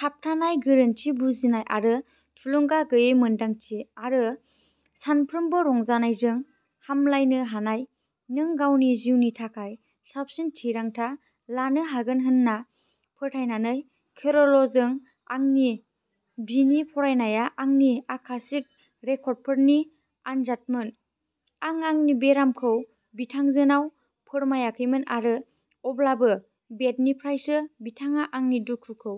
थाबथानाय, गोरोन्थि बुजिनाय आरो थुलुंगा गैयै मोन्दांथि आरो सानफ्रोमबो रंजानायजों हामलायनो हानाय, नों गावनि जिउनि थाखाय साबसिन थिरांथा लानो हागोन होन्ना फोथायनानै। केर'लजों आंनि गिबि फरायनाया आंनि आकाशिक रेकर्डफोरनि आनजादमोन। आं आंनि बेरामखौ बिथांजोनाव फोरमायाखैमोन आरो अब्लाबो, बेटनिफ्रायसो, बिथाङा आंनि दुखुखौ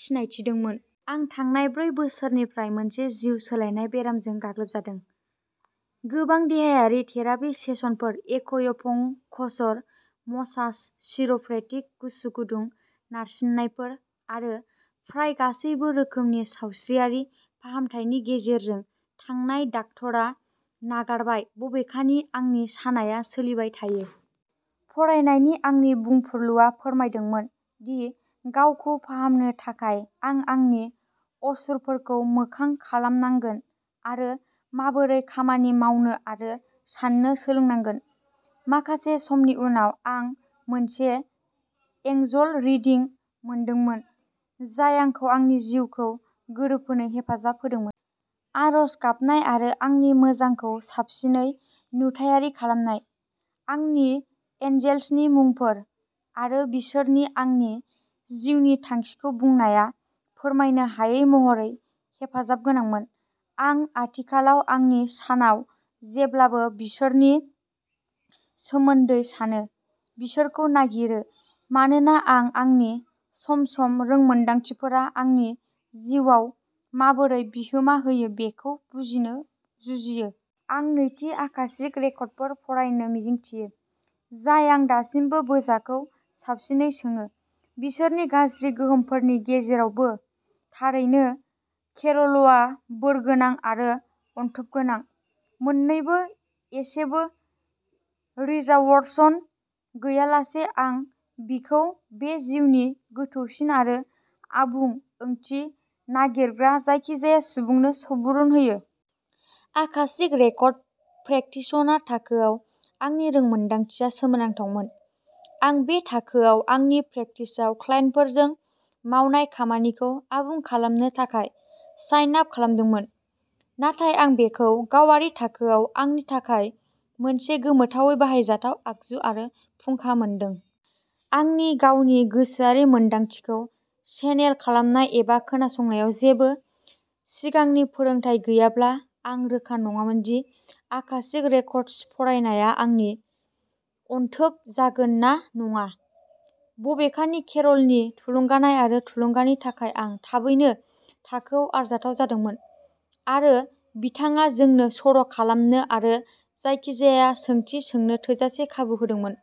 सिनायथिदोंमोन। आं थांनाय ब्रै बोसोरनिफ्राय मोनसे जिउ सोलायनाय बेरामजों गाग्लोबजादों, गोबां देहायारि थेरापि सेसनफोर, एक्युपंक्चर, मसाज, चिर'प्रेक्टिक, गुसु-गुदुं नारसिननायफोर आरो फ्राय गासैबो रोखोमनि सावस्रियारि फाहामथायनि गेजेरजों थांनाय; डाक्ट'रा नागारबाय, बबेखानि आंनि सानाया सोलिबाय थायो। फरायनायनि आंनि बुंफुरलुआ फोरमायदोंमोन दि गावखौ फाहामनो थाखाय आं आंनि असुरफोरखौ मोखां खालामनांगोन आरो माबोरै खामानि मावनो आरो साननो सोलोंनांगोन। माखासे समनि उनाव, आं मोनसे एंजल रिडिं मोनदोंमोन जाय आंखौ आंनि जिउखौ गोरोबहोनो हेफाजाब होदोंमोन। आरज गाबनाय आरो आंनि मोजांखौ साबसिनै नुथायारि खालामनाय। आंनि एन्जेल्सनि मुंफोर आरो बिसोरनि आंनि जिउनि थांखिखौ बुंनाया फोरमायनो हायै महरै हेफाजाबगोनांमोन। आं आथिखालाव आंनि सानाव जेब्लाबो बिसोरनि सोमोन्दै सानो, बिसोरखौ नागिरो, मानोना आं आंनि सम-सम रोंमोनदांथिफोरा आंनि जिउआव माबोरै बिहोमा होयो बेखौ बुजिनो जुजियो। आं नैथि आकाशिक रेकर्डफोर फरायनो मिजिंथियो, जाय आं दासिमबो बोजाखौ साबसिनै सोङो, बिसोरनि गाज्रि गोहोमफोरनि गेजेरावबो। थारैनो, केर'लआ बोरगोनां आरो अनथोबगोनां मोन्नैबो इसेबो रिजार्वेसन गैयालासे, आं बिखौ बे जिउनि गोथौसिन आरो आबुं ओंथि नागिरग्रा जायखिजाया सुबुंनो सुबुरुन होयो। आकाशिक रेकर्ड प्रेकटिशनार थाखोआव आंनि रोंमोनदांथिया सोमोनांथावमोन। आं बे थाखोआव आंनि प्रेकटिसआव क्लाइन्टफोरजों मावनाय खामानिखौ आबुं खालामनो थाखाय साइन आप खालामदोंमोन, नाथाय आं बेखौ गावारि थाखोआव आंनि थाखाय मोनसे गोमोथावै बाहायजाथाव आगजु आरो फुंखा मोनदों। आंनि गावनि गोसोआरि मोनदांथिखौ चेनेल खालामनाय एबा खोनासंनायाव जेबो सिगांनि फोरोंथाय गैयाब्ला, आं रोखा नङामोन दि आकाशिक रेकर्डस फरायनाया आंनि "अनथोब" जागोन ना नङा। बबेखानि, केरलनि थुलुंगानाय आरो थुलुंगानि थाखाय आं थाबैनो थाखोयाव आरजाथाव जादोंमोन, आरो बिथाङा जोंनो सर'खालामनो आरो जायखिजाया सोंथि सोंनो थोजासे खाबु होदोंमोन।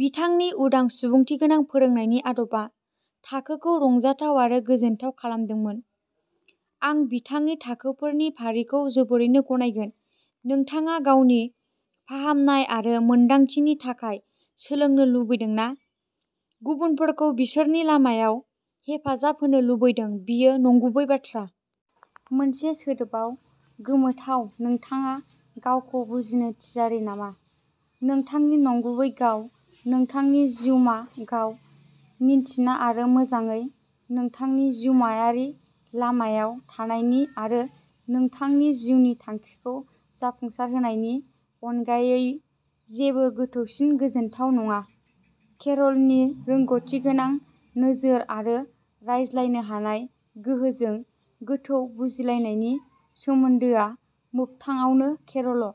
बिथांनि उदां, सुबुंथिगोनां फोरोंनायनि आदबआ थाखोखौ रंजाथाव आरो गोजोनथाव खालामदोंमोन। आं बिथांनि थाखोफोरनि फारिखौ जोबोरैनो गनायगोन, नोंथाङा गावनि फाहामनाय आरो मोनदांथिनि थाखाय सोलोंनो लुबैदों ना गुबुनफोरखौ बिसोरनि लामायाव हेफाजाब होनो लुबैदों। बियो नंगुबै बाथ्रा। मोनसे सोदोबआव गोमोथाव। नोंथाङा गावखौ बुजिनो थियारि नामा? नोंथांनि नंगुबै गाव? नोंथांनि जिउमा गाव? मिन्थिना आरो मोजांयै नोंथांनि जिउमायारि लामायाव थानायनि आरो नोंथांनि जिउनि थांखिखौ जाफुंसारहोनायनि अनगायै जेबो गोथौसिन गोजोनथाव नङा। केरलनि रोंग'थिगोनां नोजोर आरो रायज्लायनो हानाय गोहोजों, गोथौ बुजिलायनायनि सोमोन्दोआ मोगथाङावनो केर'ल।